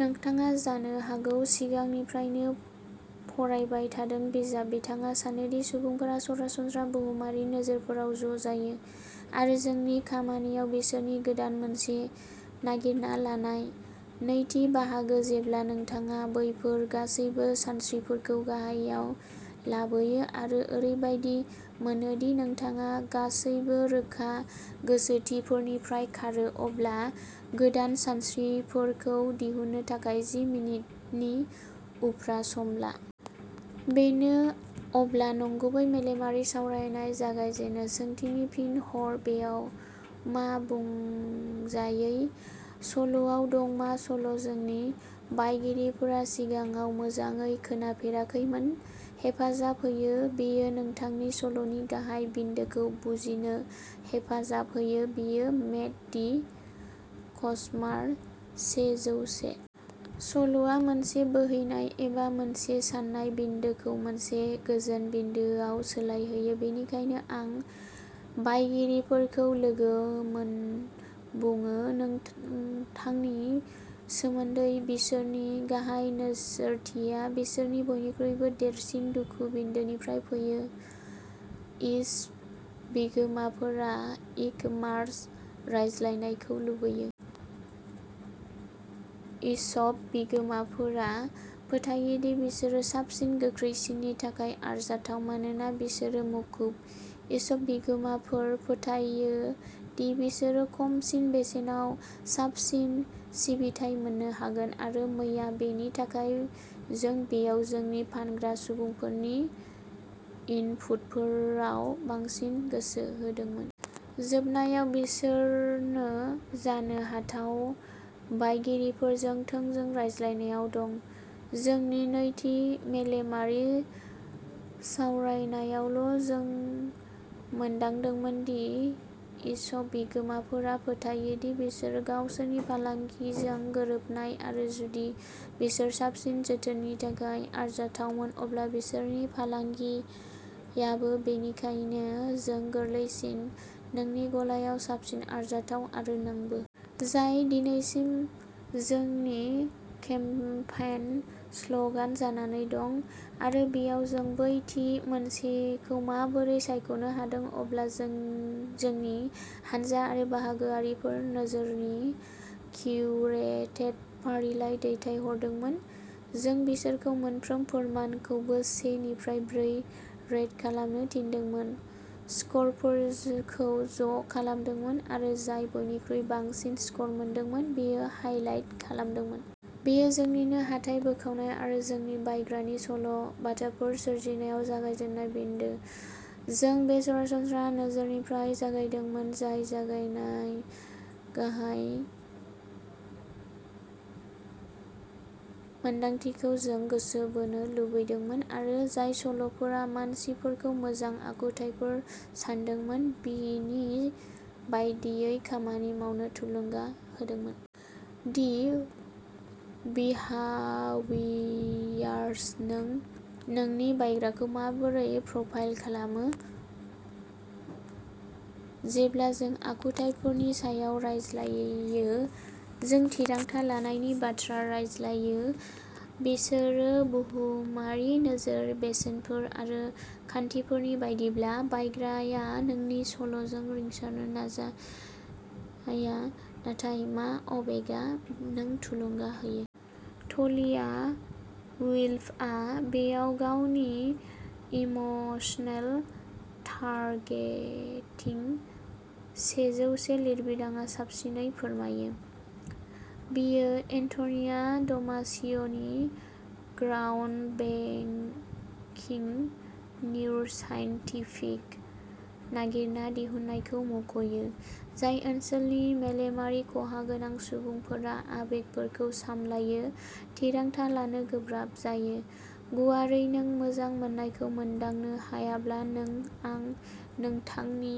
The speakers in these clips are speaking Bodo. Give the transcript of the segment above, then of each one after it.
नोंथाङा जानो हागौ सिगांनिफ्रायनो फरायबाय थानाय बिजाब। बिथाङा सानो दि सुबुंफोरा सरासनस्रा बुहुमारि नोजोरफोराव ज' जायो आरो जोंनि खामानिया बिसोरखौ गोदान मोनसे नागिरना लानाय। नैथि बाहागो जेब्ला नोंथाङा बैफोर गासैबो सानस्रिफोरखौ गाहायाव लाबोयो आरो ओरैबायदि मोनो दि नोंथाङा गासैबो रोखा गोसोथिफोरनिफ्राय खारो, अब्ला गोदान सानस्रिफोरखौ दिहुननो थाखाय जि मिनिटनि उफ्रा सम ला। बेनो अब्ला नंगुबै मेलेमारि सावरायनाय जागायजेनो। सोंथिनि फिन हर बेवहाय मा बुंजायै सल'आ दं मा सल'आ जोंनि बायगिरिफोरा सिगाङाव मोजाङै खोनाफेराखैमोन हेफाजाब होयो बेयो नोंथांनि सल'नि गाहाय बिन्दोखौ बुजिनो हेफाजाब होयो। बेयो मेट दि कास्ट'मार सेजौसे। सल'आ मोनसे बोहैनाय जाय मोनसे सानाय बिन्दोखौ मोनसे गोजोन बिन्दोआव सोलायो। बेनिखायनो आं बायगिरिफोरखौ लोगो मोन बुङो मानोना नोंथांनि नि सोमोन्दै बिसोरनि गाहाय नोजोरथिया बिसोरनि बयनिख्रुइबो देरसिन दुखु-बिन्दोनिफ्राय फैयो। इशप बिगोमाफोरा इक'मारस रायज्लायनो लुबैयो। इशप बिगोमाफोरा फोथायो दि बिसोरो साबसिन, गोख्रैसिननि थाखाय आरजाथाव मानोना बिसोरो मुखुब। इशप बिगोमाफोर फोथायो दि बिसोर खमसिन बेसेनाव साबसिन सिबिथाइ मोन्नो हागोन। आरो मैया, बेनि थाखाय। जों बेवहाय जोंनि फानग्रा सुबुंफोरनि इनपुटफोराव बांसिन गोसो होदोंमोन। जोबनायाव, बिसोरनो जानो हाथाव बायगिरिफोरजों थोंजों रायज्लायनायाव दं। जोंनि नैथि मेलेमारि सावरायनायावल'जों मोनदांदोंमोन दि इशप बिगोमाफोरा फोथायो दि बिसोर गावसोरनि फालांगिजों गोरोबनाय आरो जुदि बिसोर साबसिन जोथोननि थाखाय आरजाथावमोन, अब्ला बिसोरनि फालांगियाबो। बेनिखायनो, जों गोरलैसिन नोंनि गलाया साबसिन आरजाथाव, आरो नोंबो। जाय दिनैसिम जोंनि केम्पेइन स्ल'गान जानानै दं आरो बेवहाय जों बै थि मोनसेखौ माबोरै सायख'नो हादोंमोन। अब्ला, जों जोंनि हानजा आरो बाहागोआरिफोरनो नोजोरफोरनि किउरेटेड फारिलाइ दैथायहरदोंमोन। जों बिसोरखौ मोनफ्रोम फोरमानखौ से निफ्राय ब्रैे रेट खालामनो थिनदोंमोन, स्करफोरखौ ज' खालामदोंमोन आरो जाय बयनिख्रुइ बांसिन स्कर मोनदोंमोन बेखौ हाइलाइट खालामदोंमोन। बेयो जोंनिमोन हाथाइ बोखावनाय आरो जोंनि बायग्रानि सल' बाथाफोर सोरजिनायाव जागायजेननाय बिन्दो। जों बे सरासनस्रा नोजोरनिफ्राय जागायदोंमोन, जाय गाहाय मोन्दांथिखौ जों गोसो बोनो लुबैदोंमोन आरो जाय सल'फोरा मानसिफोरखौ मोजां आखुथायफोर सान्दोंमोन बिनि बायदियै खामानि मावनो थुलुंगा होदोंमोन। दि बिहावियारस नों नोंनि बायग्राखौ माबोरै प्रफाइल खालामो जेब्ला जों आखुथायफोरनि सायाव रायज्लायो, जों थिरांथा लानायनि बाथ्रा रायज्लायो। बिसोरनि बुहुमारि नोजोर, बेसेनफोर आरो खान्थिफोरनि बायदिब्ला, बायग्राया नोंनि सल'जों रिंसारो ना जाया। नाथाय, मा आबेगआ नों थुलुंगा होयो। तालिया वुल्फआ बेखौ गावनि इमोसनेल टारगेटिंग सेजौसे लिरबिदांआव साबसिनै फोरमायो। बियो एन्ट'निय'दामासिअ'नि ग्राउन्डब्रेकिं निउर'साइन्टिफिक नागिरना दिहुननायखौ मुंख'यो, जाय ओनसोलनि मेलेमारि खहा गोनां सुबुंफोरा आबेगफोरखौ सामलायो, थिरांथा लानो गोब्राब जायो। गुवारै, नों मोजां मोननायखौ मोनदांनो हायाब्ला, नों आं नोंथांनो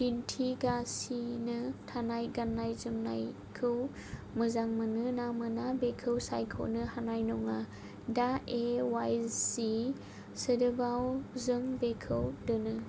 दिन्थिगासिनो थानाय गाननाय जोमनायखौ मोजां मोनो ना मोना बेखौ सायख'नो हानाय नङा। दा ए वाइ जि सोदोबफोराव, जों बेखौ दोनो।